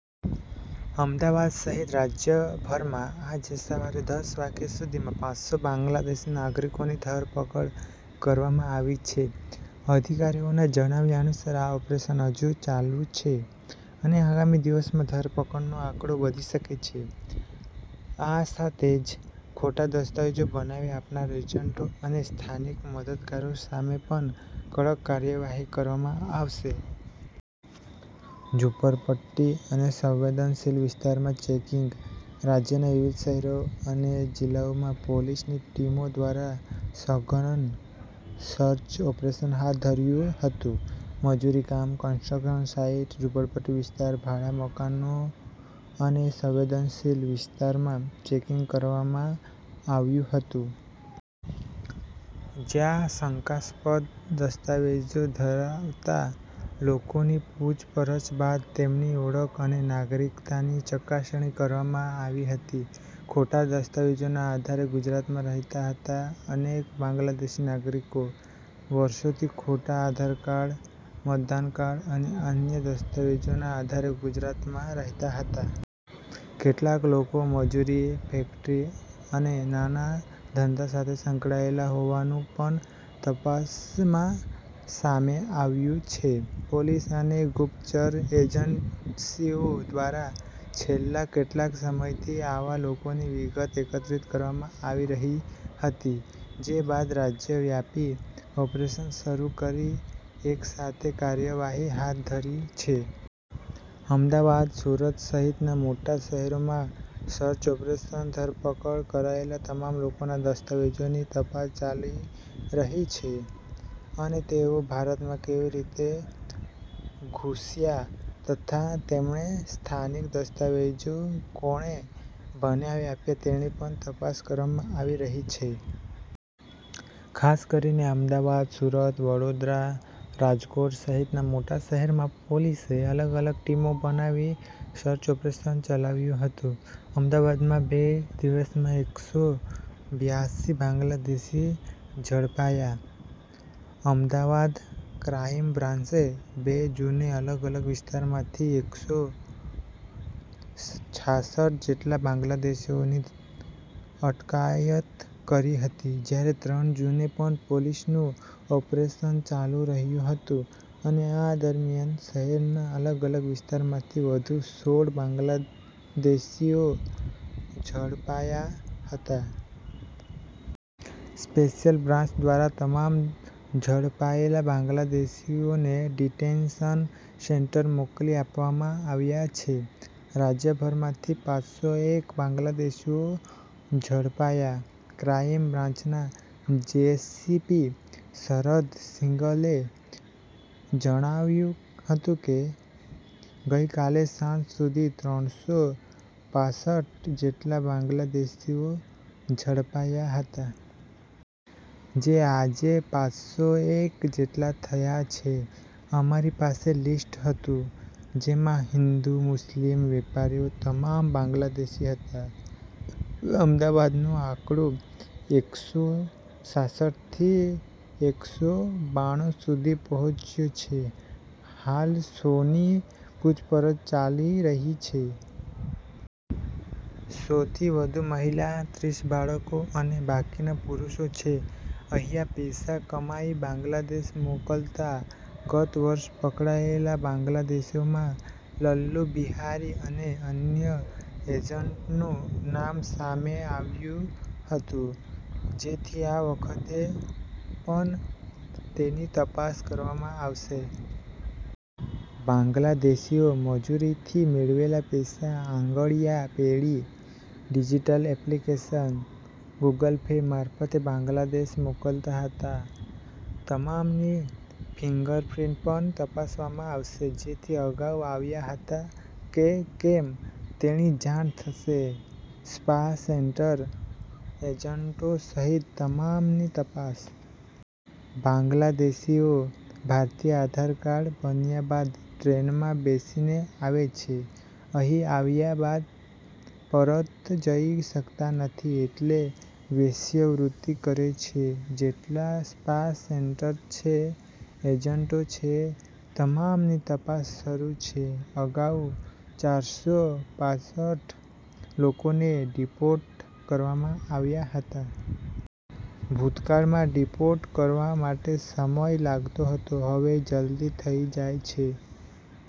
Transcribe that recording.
અમદાવાદ સહિત રાજ્યભરમાં આજે સવારે દસ વાગ્યા સુધીમાં પાંચસો બાંગ્લાદેશી નાગરિકોની ધરપકડ કરવામાં આવી છે. અધિકારીઓના જણાવ્યા અનુસાર આ ઓપરેશન હજુ ચાલુ છે, અને આગામી દિવસોમાં ધરપકડનો આંકડો વધી શકે છે. આ સાથે જ ખોટા દસ્તાવેજો બનાવી આપનાર એજન્ટો અને સ્થાનિક મદદગારો સામે પણ કડક કાર્યવાહી કરવામાં આવશે. ઝૂંપડપટ્ટી અને સંવેદનશીલ વિસ્તારોમાં ચેકિંગ. રાજ્યના વિવિધ શહેરો અને જિલ્લાઓમાં પોલીસની ટીમો દ્વારા સઘન સર્ચ ઓપરેશન હાથ ધર્યું હતું. મજૂરી કામ, કન્સ્ટ્રક્શન સાઈટ, ઝૂંપડપટ્ટી વિસ્તાર, ભાડાના મકાનો અને સંવેદનશીલ વિસ્તારોમાં ચેકિંગ કરવામાં આવ્યું હતું. જ્યાં શંકાસ્પદ દસ્તાવેજો ધરાવતા લોકોની પૂછપરછ બાદ તેમની ઓળખ અને નાગરિકતાની ચકાસણી કરવામાં આવી હતી. ખોટા દસ્તાવેજોના આધારે ગુજરાતમાં રહેતા હતા અનેક બાંગ્લાદેશી નાગરિકો, વર્ષોથી ખોટા આધારકાર્ડ, મતદાર કાર્ડ અને અન્ય દસ્તાવેજોના આધારે ગુજરાતમાં રહેતા હતા. કેટલાક લોકો મજૂરી, ફેક્ટરી અને નાના ધંધા સાથે સંકળાયેલા હોવાનું પણ તપાસમાં સામે આવ્યું છે. પોલીસ અને ગુપ્તચર એજન્સીઓ દ્વારા છેલ્લા કેટલાક સમયથી આવા લોકોની વિગતો એકત્ર કરવામાં આવી રહી હતી. જે બાદ રાજ્યવ્યાપી ઓપરેશન શરૂ કરી એકસાથે કાર્યવાહી હાથ ધરી છે. અમદાવાદ, સુરત સહિતના મોટા શહેરોમાં સર્ચ ઓપરેશન ધરપકડ કરાયેલા તમામ લોકોના દસ્તાવેજોની તપાસ ચાલી રહી છે, અને તેઓ ભારતમાં કેવી રીતે ઘૂસ્યા, તથા તેમને સ્થાનિક દસ્તાવેજો કોણે બનાવી આપ્યા, તેની પણ તપાસ કરવામાં આવી રહી છે. ખાસ કરીને અમદાવાદ, સુરત, વડોદરા, રાજકોટ સહિતના મોટા શહેરોમાં પોલીસે અલગ-અલગ ટીમો બનાવી સર્ચ ઓપરેશન ચલાવ્યું હતું. અમદાવાદમાં બે દિવસમાં એકસો બ્યાસી બાંગ્લાદેશી ઝડપાયા. અમદાવાદ ક્રાઈમ બ્રાન્ચે બે જૂને અલગ-અલગ વિસ્તારમાંથી એકસો છાસઠ જેટલા બાંગ્લાદેશીઓની અટકાયત કરી હતી, જ્યારે ત્રણ જૂને પણ પોલીસનું ઓપરેશન ચાલુ રહ્યું હતું, અને આ દરમિયાન શહેરના અલગ-અલગ વિસ્તારમાંથી વધુ સોળ બાંગ્લાદેશીઓ ઝડપાયા હતા. સ્પેશિયલ બ્રાન્ચ દ્વારા તમામ ઝડપાયેલા બાંગ્લાદેશીઓને ડિટેન્શન સેન્ટર મોકલી આપવામાં આવ્યા છે. રાજ્યભરમાંથી પાંચસો એક બાંગ્લાદેશીઓ ઝડપાયા. ક્રાઈમ બ્રાન્ચના જે.સી.પી. શરદ સિંઘલે જણાવ્યું હતું કે, ગઈકાલ સાંજ સુધી ત્રણસો પાસઠ જેટલા બાંગ્લાદેશીઓ ઝડપાયા હતા. જે આજે પાંચસો એક જેટલા થયા છે. અમારી પાસે લિસ્ટ હતું, જેમાં હિન્દુ, મુસ્લિમ, વેપારીઓ તમામ બાંગ્લાદેશી હતા. અમદાવાદનો આંકડો એકસો છાસઠ થી એકસો બાણું સુધી પહોંચ્યો છે. હાલ સોની પૂછપરછ ચાલી રહી છે. સો થી વધુ મહિલા, ત્રીસ બાળકો અને બાકીના પુરૂષો છે. અહીંયા પૈસા કમાઈ બાંગ્લાદેશ મોકલતા ગત વર્ષે પકડાયેલા બાંગ્લાદેશીઓમાં લલ્લુ બિહારી અને અન્ય એજન્ટનું નામ સામે આવ્યું હતું. જેથી આ વખતે પણ તેની તપાસ કરવામાં આવશે. બાંગ્લાદેશીઓ મજૂરીથી મેળવેલા પૈસા આંગડિયા પેઢી, ડિજિટલ એપ્લિકેશન, ગુગલ પે મારફતે બાંગ્લાદેશ મોકલતા હતા. તમામની ફિંગર પ્રિન્ટ પણ તપાસવામાં આવશે. જેથી અગાઉ આવ્યા હતા કે કેમ તેની જાણ થશે. સ્પા સેન્ટર, એજન્ટો સહિત તમામની તપાસ. બાંગ્લાદેશીઓ ભારતીય આધારકાર્ડ બન્યા બાદ ટ્રેનમાં બેસીને આવે છે. અહીં આવ્યા બાદ પરત જઈ શકતા નથી. એટલે વેશ્યાવૃત્તિ કરે છે. જેટલા સ્પા સેન્ટર છે, એજન્ટો છે તમામની તપાસ શરૂ છે. અગાઉ ચારસો પાસઠ લોકોને ડિપોર્ટ કરવામાં આવ્યા હતા. ભૂતકાળમાં ડિપોર્ટ કરવા માટે સમય લાગતો હતો. હવે જલદી થઈ જાય છે.